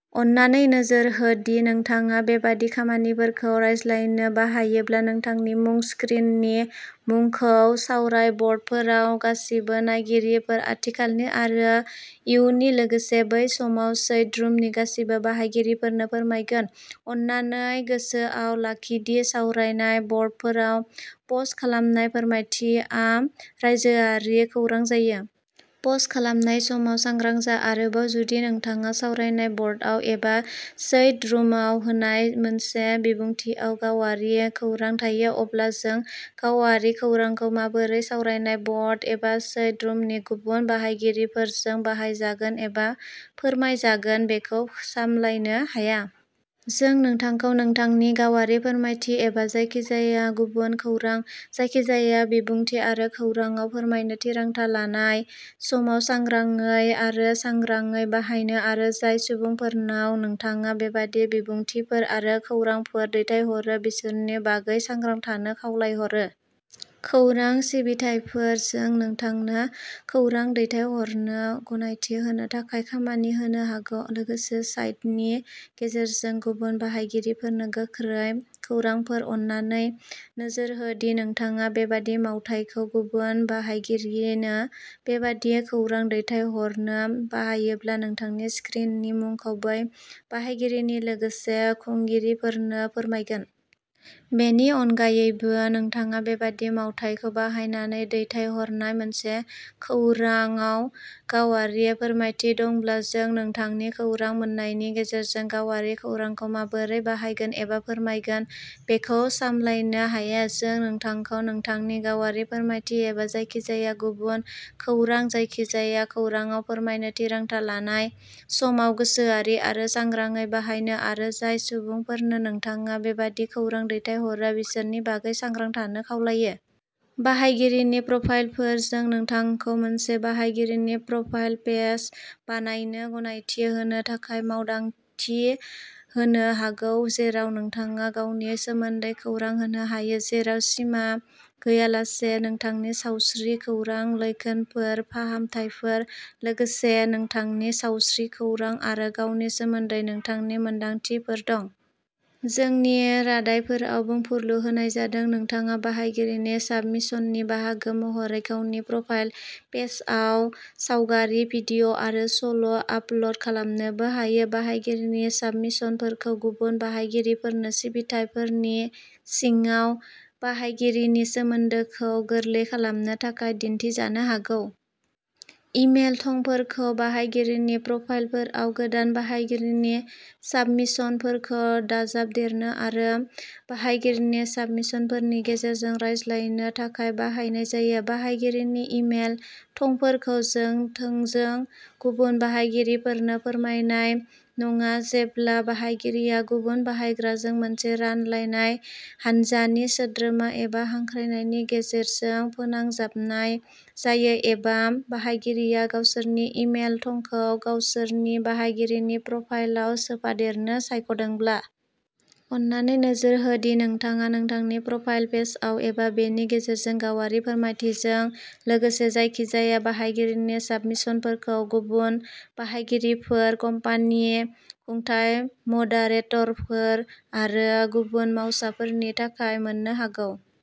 अन्नानै नोजोर हो दि नोंथाङा बेबादि खामानिफोरखौ रायज्लायनो बाहायोब्ला, नोंथांनि मुं स्क्रिननि मुंखौ सावराय ब'र्डफोराव गासिबो नायगिरिफोर, आथिखालनि आरो इयुननि, लोगोसे बै समाव चैट रुमनि गासिबो बाहायगिरिफोरनो फोरमायगोन। अन्नानै गोसोआव लाखि दि सावरायनाय ब'र्डफोराव पस्ट खालामनाय फोरमायथिआ रायजोआरि खौरां जायो। पस्ट खालामनाय समाव सांग्रां जा। आरोबाव, जुदि नोंथाङा सावरायनाय ब'र्डआव एबा चैट रुमाव होनाय मोनसे बिबुंथिआव गावारि खौरां थायो, अब्ला जों गावारि खौरांखौ माबोरै सावरायनाय ब'र्ड एबा चैट रुमनि गुबुन बाहायगिरिफोरजों बाहायजागोन एबा फोरमायजागोन बेखौ सामलायनो हाया। जों नोंथांखौ नोंथांनि गावारि फोरमायथि, एबा जायखिजाया गुबुन खौरां, जायखिजाया बिबुंथि आरो खौरांआव फोरमायनो थिरांथा लानाय समाव सांग्राङै आरो सांग्राङै बाहायनो आरो जाय सुबुंफोरनाव नोंथाङा बेबादि बिबुंथिफोर आरो खौरांफोर दैथायहरो बिसोरनि बागै सांग्रां थानो खावलायहरो। खौरां सिबिथायफोर जों नोंथांनो खौरां दैथायहरनो गनायथि होनो थाखाय खामानि होनो हागौ, लोगोसे साइटनि गेजेरजों गुबुन बाहायगिरिफोरनो गोख्रै खौरांफोर। अन्नानै नोजोर हो दि नोंथाङा बेबादि मावथायखौ गुबुन बाहायगिरिनो बेबादि खौरां दैथायहरनो बाहायोब्ला, नोंथांनि स्क्रिननि मुंखौ बै बाहायगिरिनि लोगोसे खुंगिरिफोरनो फोरमायगोन। बेनि अनगायैबो, नोंथाङा बेबादि मावथायखौ बाहायनानै दैथायहरनाय मोनसे खौरांआव गावारि फोरमायथि दंब्ला, जों नोंथांनि खौरां मोन्नायनि गेजेरजों गावारि खौरांखौ माबोरै बाहायगोन एबा फोरमायगोन बेखौ सामलायनो हाया। जों नोंथांखौ नोंथांनि गावारि फोरमायथि, एबा जायखिजाया गुबुन खौरां, जायखिजाया खौरांआव फोरमायनो थिरांथा लानाय समाव गोसोआरि आरो सांग्राङै बाहायनो आरो जाय सुबुंफोरनो नोंथाङा बेबादि खौरां दैथायहरो बिसोरनि बागै सांग्रां थानो खावलायो। बाहायगिरिनि प्रफाइलफोर जों नोंथांखौ मोनसे बाहायगिरिनि प्रफाइल पेज बानायनो गनायथि होनो थाखाय मावदांथि होनो हागौ जेराव नोंथाङा गावनि सोमोन्दै खौरां होनो हायो, जेराव सिमा गैयालासे, नोंथांनि सावस्रि खौरां, लैखोनफोर, फाहामथायफोर, लोगोसे नोंथांनि सावस्रि खौरां आरो गावनि सोमोन्दै नोंथांनि मोनदांथिफोर दं। जोंनि रादायफोराव बुंफुरलु होनाय जादों। नोंथाङा बाहायगिरिनि साबमिशननि बाहागो महरै गावनि प्रफाइल पेजआव सावगारि, भिडिअ' आरो सल' आपल'ड खालामनोबो हायो। बाहायगिरिनि साबमिशनफोरखौ गुबुन बाहायगिरिफोरनो सिबिथायफोरनि सिङाव बाहायगिरिनि सोमोन्दोखौ गोरलै खालामनो थाखाय दिन्थिजानो हागौ। इमेल थंफोरखौ बाहायगिरिनि प्रफाइलफोराव गोदान बाहायगिरिनि साबमिशनफोरखौ दाजाबदेरनो आरो बाहायगिरिनि साबमिशनफोरनि गेजेरजों रायज्लायनो थाखाय बाहायनाय जायो। बाहायगिरिनि इमेल थंफोरखौ जों थोंजों गुबुन बाहायगिरिफोरनो फोरमायनाय नङा, जेब्ला बाहायगिरिया गुबुन बाहायग्राजों मोनसे रानलायनाय हान्जानि सोद्रोमा एबा हांख्रायनायनि गेजेरजों "फोनांजाबनाय" जायो, एबा बाहायगिरिया गावसोरनि इमेल थंखौ गावसोरनि बाहायगिरिनि प्रफाइलाव सोफादेरनो सायख'दोंब्ला। अन्नानै नोजोर हो दि नोंथाङा नोंथांनि प्रफाइल पेजआव एबा बेनि गेजेरजों गावारि फोरमायथिजों लोगोसे जायखिजाया बाहायगिरिनि साबमिशनफोरखौ गुबुन बाहायगिरिफोर, कम्पानि, खुंथाय, मदारेटरफोर आरो गुबुन मावसाफोरनि थाखाय मोननो हागौ।